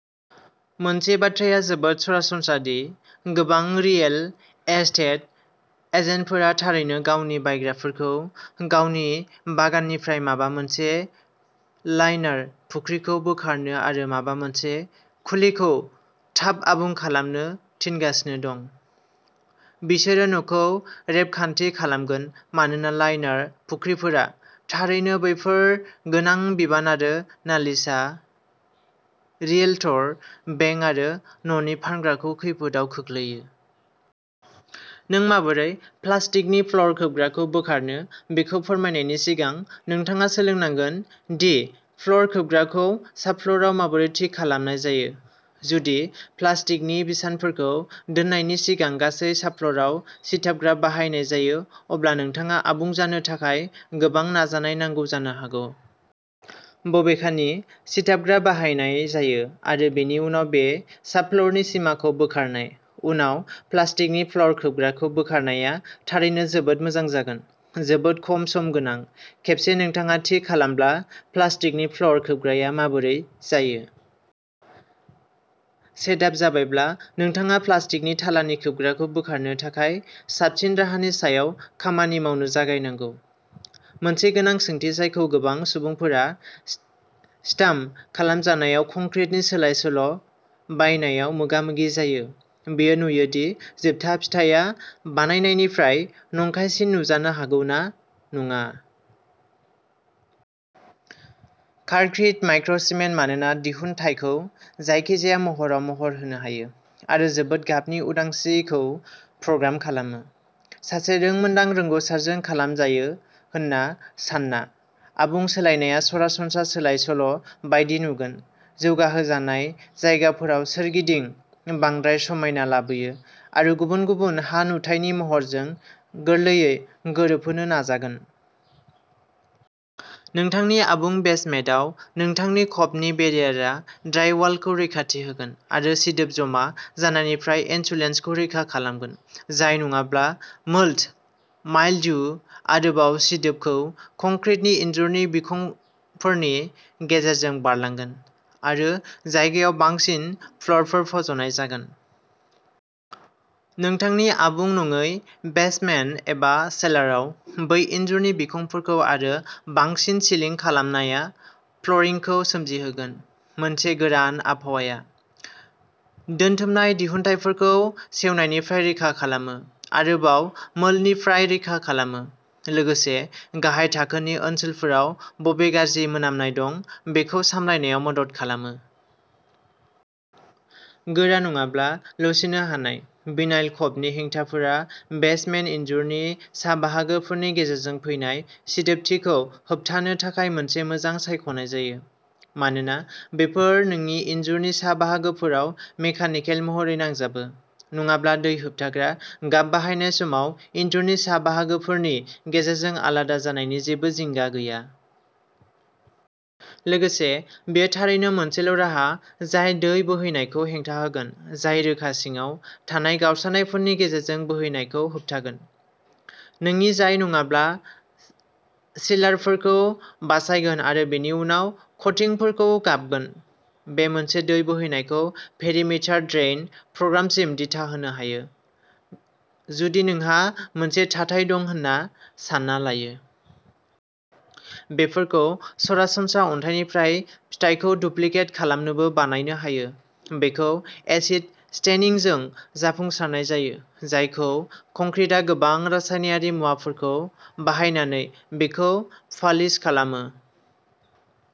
मोनसे बाथ्राया जोबोद सरासनस्रा दि गोबां रियेल एस्टेट एजेन्टफोरा थारैनो गावनि बायग्राफोरखौ गावनि बागाननिफ्राय माबा मोनसे लाइनार फुख्रिखौ बोखारनो आरो माबा मोनसे खुलिखौ थाब आबुं खालामनो थिनगासिनो दं, बिसोरो न'खौ रेबखान्थि खालामगोन मानोना लाइनार फुख्रिफोरा थारैनो बेफोर गोनां बिबान आरो नालिसआ रियेल्टर, बेंक आरो न'नि फानग्राखौ खैफोदआव खोख्लैयो। जों माबोरै प्लास्टिकनि फ्ल'र खोबग्राखौ बोखारनो बेखौ फोरमायनायनि सिगां, नोंथाङा सोलोंनांगोन दि फ्ल'र खोबग्राखौ साबफ्ल'राव माबोरै थि खालामनाय जायो। जुदि प्लास्टिकनि बिसानफोरखौ दोननायनि सिगां गासै साबफ्ल'राव सिथाबग्रा बाहायनाय जायो, अब्ला नोंथाङा आबुं जानो थाखाय गोबां नाजानाय नांगौ जानो हागौ। बबेखानि, सिथाबग्रा बाहायनाय जायो आरो बेनि उनाव बे साबफ्ल'रनि सिमाखौ बोखारनाय, उनाव प्लास्टिकनि फ्ल'र खोबग्राखौ बोखारनाया थारैनो जोबोद मोजां जागोन, जोबोद खम सम गोनां। खेबसे नोंथाङा थि खालामब्ला प्लास्टिकनि फ्ल'र खोबग्राया माबोरै जायो। सेटआप जाबायब्ला, नोंथाङा प्लास्टिकनि थालानि खोबग्राखौ बोखारनो थाखाय साबसिन राहानि सायाव खामानि मावनो जागायनांगौ। मोनसे गोनां सोंथि जायखौ गोबां सुबुंफोरा स्टाम्प खालामजानाय कंक्रिटनि सोलाय-सोल'बायनायाव मोगामोगि जायो, बेयो नुयो दि जोबथा फिथाइया बानायनायनिफ्राय नंखायसिम नुजानो हागौ ना नङा। कारक्रिट माइक्र'सिमेन्ट'मानोना दिहुनथायखौ जायखिजाया महरआव महर होनो हायो आरो जोबोद गाबनि उदांस्रिखौ प्रग्राम खालामो, सासे रोंमोन्दां रोंग'सारजों खालामजायो होन्ना सान्ना, आबुं सोलायनाया सरासनस्रा सोलाय-सोल'बायदि नुगोन। जौगाहोजानाय जायगाफोराव सोरगिदिं बांद्राय समायना लाबोयो आरो गुबुन गुबुन हा-नुथायनि महरजों गोरलैयै गोरोबहोनो नाजागोन। नोंथांनि आबुं बेसमेटाव, नोंथांनि खफनि बेरियारा ड्राइवालखौ रैखाथि होगोन आरो सिदोब जमा जानायनिफ्राय इनसुलेसनखौ रैखा खालामगोन जाय नङाब्ला मोल्ड, माइल्ड्यु, आरोबाव सिदोबखौ कंक्रिटनि इनजुरनि बिखंफोरनि गेजेरजों बारलांगोन आरो जायगायाव बांसिन फ्ल'रफोर फज'नाय जागोन। नोंथांनि आबुं नङै बेसमेन्ट एबा सेलारआव, बै इनजुरनि बिखंफोरखौ आरो बांसिन सिलिं खालामनाया फ्ल'रिंखौ सोमजि होगोन। मोनसे गोरान आबहावाया, दोनथुमनाय दिहुनथायफोरखौ सेवनायनिफ्राय रैखा खालामो, आरोबाव मोल्डनिफ्राय रैखा खालामो, लोगोसे गाहाय थाखोनि ओनसोलफोराव बबे गाज्रि मोनामनाय दं बेखौ सामलायनायाव मदद खालामो। गोरा नङाब्ला लचिनो हानाय, भिनाइल खफनि हेंथाफोरा बेसमेन्ट इनजुरनि सा बाहागोफोरनि गेजेरजों फैनाय सिदोबथिखौ होबथानो थाखाय मोनसे मोजां सायख'नाय जायो। मानोना बेफोर नोंनि इनजुरनि सा बाहागोफोराव मेकानिकेल महरै नांजाबो, नङाब्ला दै होबथाग्रा गाब बाहायनाय समाव इनजुरनि सा बाहागोफोरनि गेजेरजों आलादा जानायनि जेबो जिंगा गैया। लोगोसे, बेयो थारैनो मोनसेल'राहा जाय दै बोहैनायखौ हेंथा होगोन, जाय रोखा सिङाव थानाय गावस्रानायफोरनि गेजेरजों बोहैनायखौ होबथागोनः नोंनि जाय नङाब्ला सिलारफोरखौ बासायगोन आरो बेनि उनाव कटिंगफोरखौ गाबगोन। बे मोनसे दै बोहैनायखौ पेरिमिटार ड्रेइन प्रग्रामसिम दिथा होनो हायो, जुदि नोंहा मोनसे थाथाय दं होन्ना सान्ना लायो। बेफोरखौ सरासनस्रा अन्थाइनिफ्राय फिथायखौ डुप्लिकेट खालामनोबो बानायनो हायो। बेखौ एसिड स्टेनिंजों जाफुंसारनाय जायो, जायखौ कंक्रिटआ गोबां रासायनारि मुवाफोरखौ बाहायनानै बेखौ पालिश खालामो।